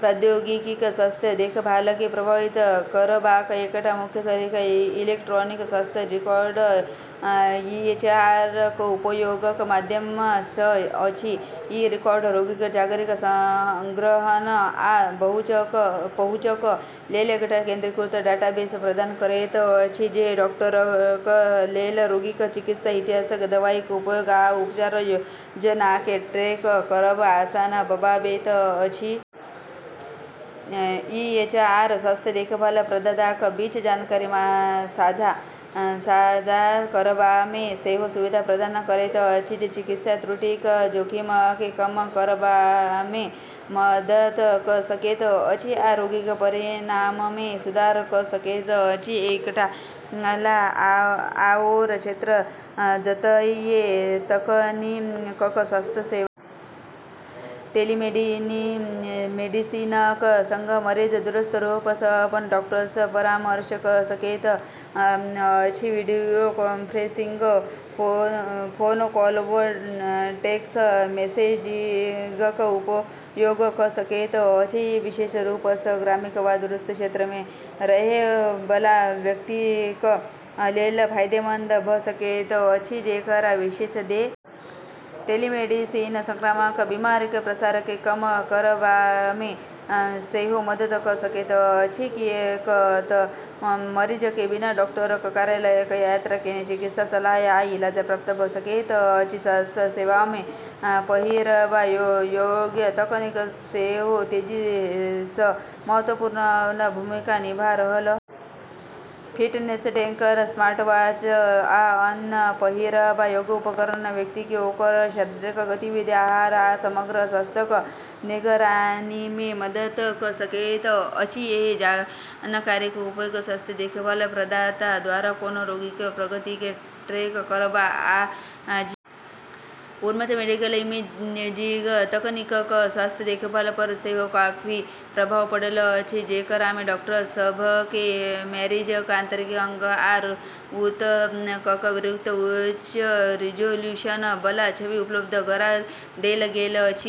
प्रौद्योगिकिक स्वास्थ्य देखभालकेँ प्रभावित करबाक एकटा मुख्य तरीका इलेक्ट्रॉनिक स्वास्थ्य रिकॉर्ड (ईएचआर) क उपयोगक माध्यम सँ अछि। ई रिकॉर्ड रोगीक जानकारीक संग्रहण आ पहुँचक लेल एकटा केंद्रीकृत डाटाबेस प्रदान करैत अछि, जे डॉक्टरक लेल रोगीक चिकित्सा इतिहास, दवाईक उपयोग आ उपचार योजनाकेँ ट्रैक करब आसान बनाबैत अछि। ईएचआर स्वास्थ्य देखभाल प्रदाताक बीच जानकारी साझा करबामे सेहो सुविधा प्रदान करैत अछि, जे चिकित्सा त्रुटिक जोखिमकेँ कम करबामे मदद क’ सकैत अछि आ रोगीक परिणाममे सुधार क’ सकैत अछि। एकटा आओर क्षेत्र जतए तकनीकक स्वास्थ्य सेवा पर काफी असर पड़ल अछि ओ अछि टेलीमेडिसिनक उपयोग। टेलीमेडिसिनक संग मरीज दूरस्थ रूप सँ अपन डॉक्टर सँ परामर्श क’ सकैत अछि, वीडियो कॉन्फ्रेंसिंग, फोन कॉल वा टेक्स्ट मैसेजिंगक उपयोग क’ सकैत अछि। ई विशेष रूप सँ ग्रामीण वा दूरस्थ क्षेत्रमे रहै बला व्यक्तिक लेल फायदेमंद भ’ सकैत अछि, जेकरा विशेष देखभालक पहुँच नहि भ’ सकैत अछि। टेलीमेडिसिन संक्रामक बीमारीक प्रसारकेँ कम करबामे सेहो मदद क’ सकैत अछि, किएक तँ मरीजकेँ बिना डॉक्टरक कार्यालयक यात्रा केने चिकित्सा सलाह आ इलाज प्राप्त भ’ सकैत अछि। स्वास्थ्य सेवामे पहिरबा योग्य तकनीक सेहो तेजी सँ महत्वपूर्ण भूमिका निभा रहल अछि। फिटनेस ट्रैकर, स्मार्टवॉच आ अन्य पहिरबा योग्य उपकरण व्यक्तिकेँ ओकर शारीरिक गतिविधि, आहार आ समग्र स्वास्थ्यक निगरानीमे मदद क’ सकैत अछि। एहि जानकारीक उपयोग स्वास्थ्य देखभाल प्रदाता द्वारा कोनो रोगीक प्रगतिकेँ ट्रैक करब आ जीवनशैलीमे बदलाव वा चिकित्सा हस्तक्षेप लेल सिफारिश करबा लेल कएल जा सकैत अछि। उन्नत मेडिकल इमेजिंग तकनीकक स्वास्थ्य देखभाल पर सेहो काफी प्रभाव पड़ल अछि, जेकरामे डॉक्टर सभकेँ मरीजक आंतरिक अंग आ ऊतकक विस्तृत, उच्च रिजोल्यूशन बला छवि उपलब्ध गरा देल गेल अछि।